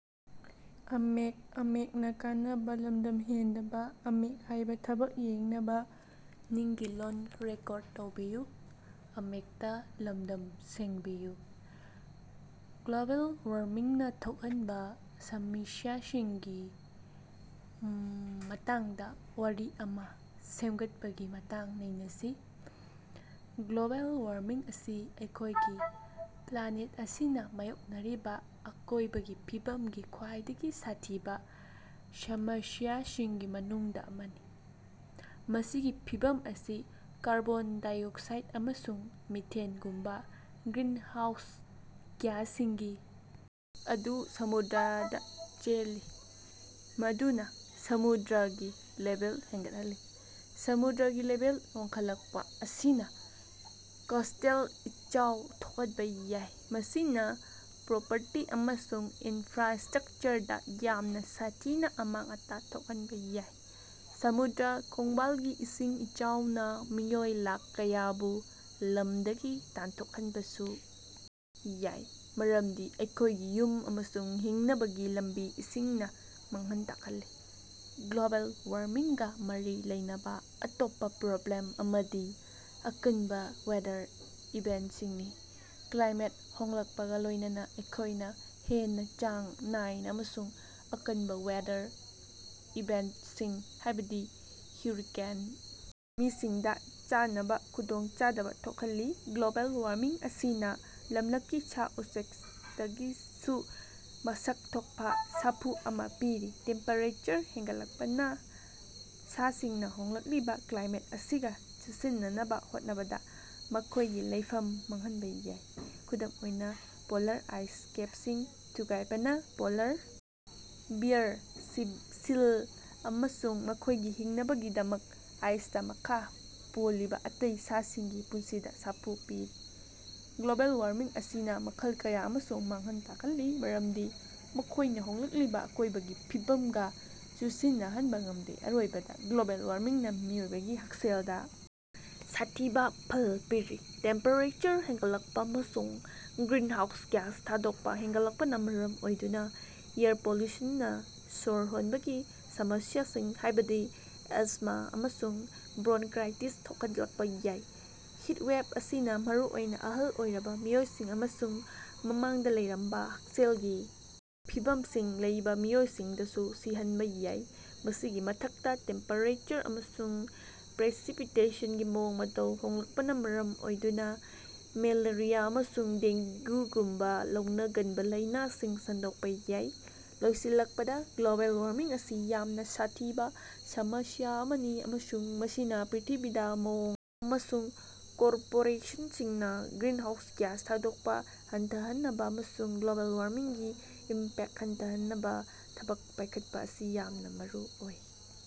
Global ꯋꯥꯔꯃꯤꯡꯅꯥ ꯊꯣꯛꯍꯟꯕꯥ ꯁꯃꯁ꯭ꯌꯥꯁꯤꯡꯒꯤ ꯎꯝ ꯃꯇꯥꯡꯗꯥ ꯋꯥꯔꯤ ꯑꯃꯥ ꯁꯦꯝꯒꯠꯄꯥꯒꯤ ꯃꯇꯥꯡ ꯅꯩꯅꯁꯤ꯫ ꯒ꯭ꯂꯣꯕꯦꯜ ꯋꯥꯔꯃꯤꯡ ꯑꯁꯤ ꯑꯩꯈꯣꯏꯒꯤ ꯄ꯭ꯂꯥꯅꯦꯠ ꯑꯁꯤꯅꯥ ꯃꯥꯌꯣꯛꯅꯔꯤꯕꯥ ꯑꯀꯣꯏꯕꯒꯤ ꯐꯤꯕꯝꯒꯤ ꯈ꯭ꯋꯥꯏꯗꯒꯤ ꯁꯥꯊꯤꯕꯥ ꯁꯃꯁ꯭ꯌꯥꯁꯤꯡꯒꯤ ꯃꯅꯨꯡꯗꯥ ꯑꯃꯅꯤ꯫ ꯃꯁꯤꯒꯤ ꯐꯤꯚꯝ ꯑꯁꯤ ꯀꯥꯔꯕꯣꯟ ꯗꯥꯏꯑꯣꯛꯁꯥꯏꯗ ꯑꯃꯁꯨꯡ ꯃꯤꯊꯦꯟꯒꯨꯝꯕꯥ ꯒ꯭ꯔꯤꯟꯍꯥꯎꯁ ꯒ꯭ꯌꯥꯁꯁꯤꯡꯒꯤ ꯑꯗꯨ ꯁꯃꯨꯗ꯭ꯔꯗꯥ ꯆꯦꯜꯂꯤ, ꯃꯗꯨꯅꯥ ꯁꯃꯨꯗ꯭ꯔꯒꯤ ꯂꯦꯚꯦꯜ ꯍꯦꯟꯒꯠꯍꯜꯂꯤ꯫ ꯁꯃꯨꯗ꯭ꯔꯒꯤ ꯂꯦꯚꯦꯜ ꯋꯥꯡꯈꯠꯂꯛꯄꯥ ꯑꯁꯤꯅꯥ ꯀꯣꯁꯇꯦꯜ ꯏꯆꯥꯎ ꯊꯣꯛꯍꯟꯕꯥ ꯌꯥꯏ, ꯃꯁꯤꯅꯥ ꯄ꯭ꯔꯣꯄꯔꯇꯤ ꯑꯃꯁꯨꯡ ꯏꯟꯐ꯭ꯔꯥꯁꯇ꯭ꯔꯛꯆꯔꯗꯥ ꯌꯥꯝꯅꯥ ꯁꯥꯊꯤꯅꯥ ꯑꯃꯥꯡ-ꯑꯇꯥ ꯊꯣꯛꯍꯟꯕꯥ ꯌꯥꯏ꯫ ꯁꯃꯨꯗ꯭ꯔ ꯈꯣꯡꯕꯥꯜꯒꯤ ꯏꯁꯤꯡ ꯏꯆꯥꯎꯅꯥ ꯃꯤꯑꯣꯏ ꯂꯥꯈ ꯀꯌꯥꯕꯨ ꯂꯝꯗꯒꯤ ꯇꯥꯟꯊꯣꯛꯍꯟꯕꯁꯨ ꯌꯥꯏ, ꯃꯔꯝꯗꯤ ꯑꯩꯈꯣꯏꯒꯤ ꯌꯨꯝ ꯑꯃꯁꯨꯡ ꯍꯤꯡꯅꯕꯒꯤ ꯂꯝꯕꯤ ꯏꯁꯤꯡꯅꯥ ꯃꯥꯡꯍꯟ ꯇꯥꯛꯍꯜꯂꯤ꯫ ꯒ꯭ꯂꯣꯕꯦꯜ ꯋꯥꯔꯃꯤꯡꯒꯥ ꯃꯔꯤ ꯂꯩꯅꯕꯥ ꯑꯇꯣꯞꯄꯥ ꯄ꯭ꯔꯣꯕ꯭ꯂꯦꯝ ꯑꯃꯗꯤ ꯑꯀꯟꯕꯥ ꯋꯦꯗꯔ ꯏꯚꯦꯟꯁꯤꯡꯅꯤ꯫ ꯀ꯭ꯂꯥꯏꯃꯦꯠ ꯍꯣꯡꯂꯛꯄꯒꯥ ꯂꯣꯏꯅꯅꯥ ꯑꯩꯈꯣꯏꯅꯥ ꯍꯦꯟꯅꯥ ꯆꯥꯡ ꯅꯥꯏꯅꯥ ꯑꯃꯁꯨꯡ ꯑꯀꯟꯕꯥ ꯋꯦꯗꯔ ꯏꯚꯦꯟꯇꯁꯤꯡ ꯍꯥꯏꯕꯗꯤ ꯍꯤꯔꯨꯀꯦꯟ, ꯃꯤꯁꯤꯡꯗꯥ ꯆꯥꯅꯕꯥ ꯈꯨꯗꯣꯡꯆꯥꯗꯕꯥ ꯊꯣꯛꯍꯜꯂꯤ꯫ ꯒ꯭ꯂꯣꯕꯦꯜ ꯋꯥꯔꯃꯤꯡ ꯑꯁꯤꯅꯥ ꯂꯝꯂꯛꯀꯤ ꯁꯥ-ꯎꯆꯦꯛꯇꯒꯤꯁꯨ ꯃꯁꯛ ꯊꯣꯛꯄꯥ ꯁꯥꯐꯨ ꯑꯃꯥ ꯄꯤꯔꯤ꯫ ꯇꯦꯝꯄꯦꯔꯦꯆꯔ ꯍꯦꯟꯒꯠꯂꯛꯄꯅꯥ ꯁꯥꯁꯤꯡꯅꯥ ꯍꯣꯡꯂꯛꯂꯤꯕꯥ ꯀ꯭ꯂꯥꯏꯃꯦꯠ ꯑꯁꯤꯒꯥ ꯆꯨꯁꯤꯟꯅꯅꯕꯥ ꯍꯣꯠꯅꯕꯗꯥ ꯃꯈꯣꯏꯒꯤ ꯂꯩꯐꯝ ꯃꯥꯡꯍꯟꯕꯥ ꯌꯥꯏ꯫ ꯈꯨꯗꯝ ꯑꯣꯏꯅꯥ, ꯄꯣꯂꯥꯔ ꯑꯥꯏꯁ ꯀꯦꯞꯁꯤꯡ ꯊꯨꯒꯥꯏꯕꯅꯥ ꯄꯣꯂꯥꯔ ꯕꯦꯌꯥꯔ, ꯁꯤꯞ ꯁꯤꯜ ꯑꯃꯁꯨꯡ ꯃꯈꯣꯏꯒꯤ ꯍꯤꯡꯅꯕꯒꯤꯗꯃꯛ ꯑꯥꯏꯁꯇꯥ ꯃꯈꯥ ꯄꯣꯜꯂꯤꯕꯥ ꯑꯇꯩ ꯁꯥꯁꯤꯡꯒꯤ ꯄꯨꯟꯁꯤꯗꯥ ꯁꯥꯐꯨ ꯄꯤꯔꯤ꯫ ꯒ꯭ꯂꯣꯕꯦꯜ ꯋꯥꯔꯃꯤꯡ ꯑꯁꯤꯅꯥ ꯃꯈꯜ ꯀꯌꯥ ꯑꯃꯁꯨ ꯃꯥꯡꯍꯟ ꯇꯥꯛꯍꯜꯂꯤ, ꯃꯔꯝꯗꯤ ꯃꯈꯣꯏꯅꯥ ꯍꯣꯡꯂꯛꯂꯤꯕꯥ ꯑꯀꯣꯏꯕꯒꯤ ꯐꯤꯕꯝꯒꯥ ꯆꯨꯁꯤꯟꯅꯍꯟꯕꯥ ꯉꯝꯗꯦ꯫ ꯑꯔꯣꯏꯕꯗꯥ, ꯒ꯭ꯂꯣꯕꯦꯜ ꯋꯥꯔꯃꯤꯡꯅꯥ ꯃꯤꯑꯣꯏꯕꯒꯤ ꯍꯛꯁꯦꯜꯗꯥ ꯁꯥꯊꯤꯕꯥ ꯐꯜ ꯄꯤꯔꯤ꯫ ꯇꯦꯝꯄꯦꯔꯦꯆꯔ ꯍꯦꯟꯒꯠꯂꯛꯄꯥ ꯑꯃꯁꯨꯡ ꯒ꯭ꯔꯤꯟꯍꯥꯎꯁ ꯒ꯭ꯌꯥꯁ ꯊꯥꯗꯣꯛꯄꯥ ꯍꯦꯟꯒꯠꯂꯛꯄꯅꯥ ꯃꯔꯝ ꯑꯣꯏꯗꯨꯅꯥ ꯑꯦꯌꯔ ꯄꯣꯂꯨꯁꯟꯅꯥ ꯁ꯭ꯋꯔ ꯍꯣꯟꯕꯒꯤ ꯁꯃꯁ꯭ꯌꯥꯁꯤꯡ ꯍꯥꯏꯕꯗꯤ ꯑꯦꯖꯃꯥ ꯑꯃꯁꯨꯡ ꯕ꯭ꯔꯣꯡꯀꯥꯏꯇꯤꯁ ꯊꯣꯛꯍꯜꯂꯛꯄꯥ ꯌꯥꯏ꯫ ꯍꯤꯠꯋꯦꯚ ꯑꯁꯤꯅꯥ ꯃꯔꯨꯑꯣꯏꯅꯥ ꯑꯍꯜ ꯑꯣꯏꯔꯕꯥ ꯃꯤꯑꯣꯏꯁꯤꯡ ꯑꯃꯁꯨꯡ ꯃꯃꯥꯡꯗꯥ ꯂꯩꯔꯝꯕꯥ ꯍꯛꯁꯦꯜꯒꯤ ꯐꯤꯚꯝꯁꯤꯡ ꯂꯩꯕꯥ ꯃꯤꯑꯣꯏꯁꯤꯡꯗꯁꯨ ꯁꯤꯍꯟꯕꯥ ꯌꯥꯏ꯫ ꯃꯁꯤꯒꯤ ꯃꯊꯛꯇꯥ, ꯇꯦꯝꯄꯦꯔꯦꯆꯔ ꯑꯃꯁꯨꯡ ꯄ꯭ꯔꯦꯁꯤꯄꯤꯇꯦꯁꯟꯒꯤ ꯃꯑꯣꯡ-ꯃꯇꯧ ꯍꯣꯡꯂꯛꯄꯅꯥ ꯃꯔꯝ ꯑꯣꯏꯗꯨꯅꯥ ꯃꯦꯂꯦꯔꯤꯌꯥ ꯑꯃꯁꯨꯡ ꯗꯦꯡꯒꯨꯒꯨꯝꯕꯥ ꯂꯧꯅꯒꯟꯕꯥ ꯂꯥꯏꯅꯥꯁꯤꯡ ꯁꯟꯗꯣꯛꯄꯥ ꯌꯥꯏ꯫ ꯂꯣꯏꯁꯤꯜꯂꯛꯄꯗꯥ, ꯒ꯭ꯂꯣꯕꯦꯜ ꯋꯥꯔꯃꯤꯡ ꯑꯁꯤ ꯌꯥꯝꯅꯥ ꯁꯥꯊꯤꯕꯥ ꯁꯃꯁ꯭ꯌꯥ ꯑꯃꯅꯤ ꯑꯃꯁꯨꯡ ꯃꯁꯤꯅꯥ ꯄ꯭ꯔꯤꯊꯤꯕꯤꯗꯥ ꯃꯑꯣꯡ ꯑꯃꯁꯨꯡ ꯀꯣꯔꯄꯣꯔꯦꯁꯟꯁꯤꯡꯅꯥ ꯒ꯭ꯔꯤꯟꯍꯥꯎꯁ ꯒ꯭ꯌꯥꯁ ꯊꯥꯗꯣꯛꯄꯥ ꯍꯟꯊꯍꯟꯅꯕꯥ ꯑꯃꯁꯨꯡ ꯒ꯭ꯂꯣꯕꯦꯜ ꯋꯥꯔꯃꯤꯡꯒꯤ ꯏꯝꯄꯦꯛ ꯍꯟꯊꯍꯟꯅꯕꯥ ꯊꯕꯛ ꯄꯥꯏꯈꯠꯄꯥ ꯑꯁꯤ ꯌꯥꯝꯅꯥ ꯃꯔꯨꯑꯣꯏ꯫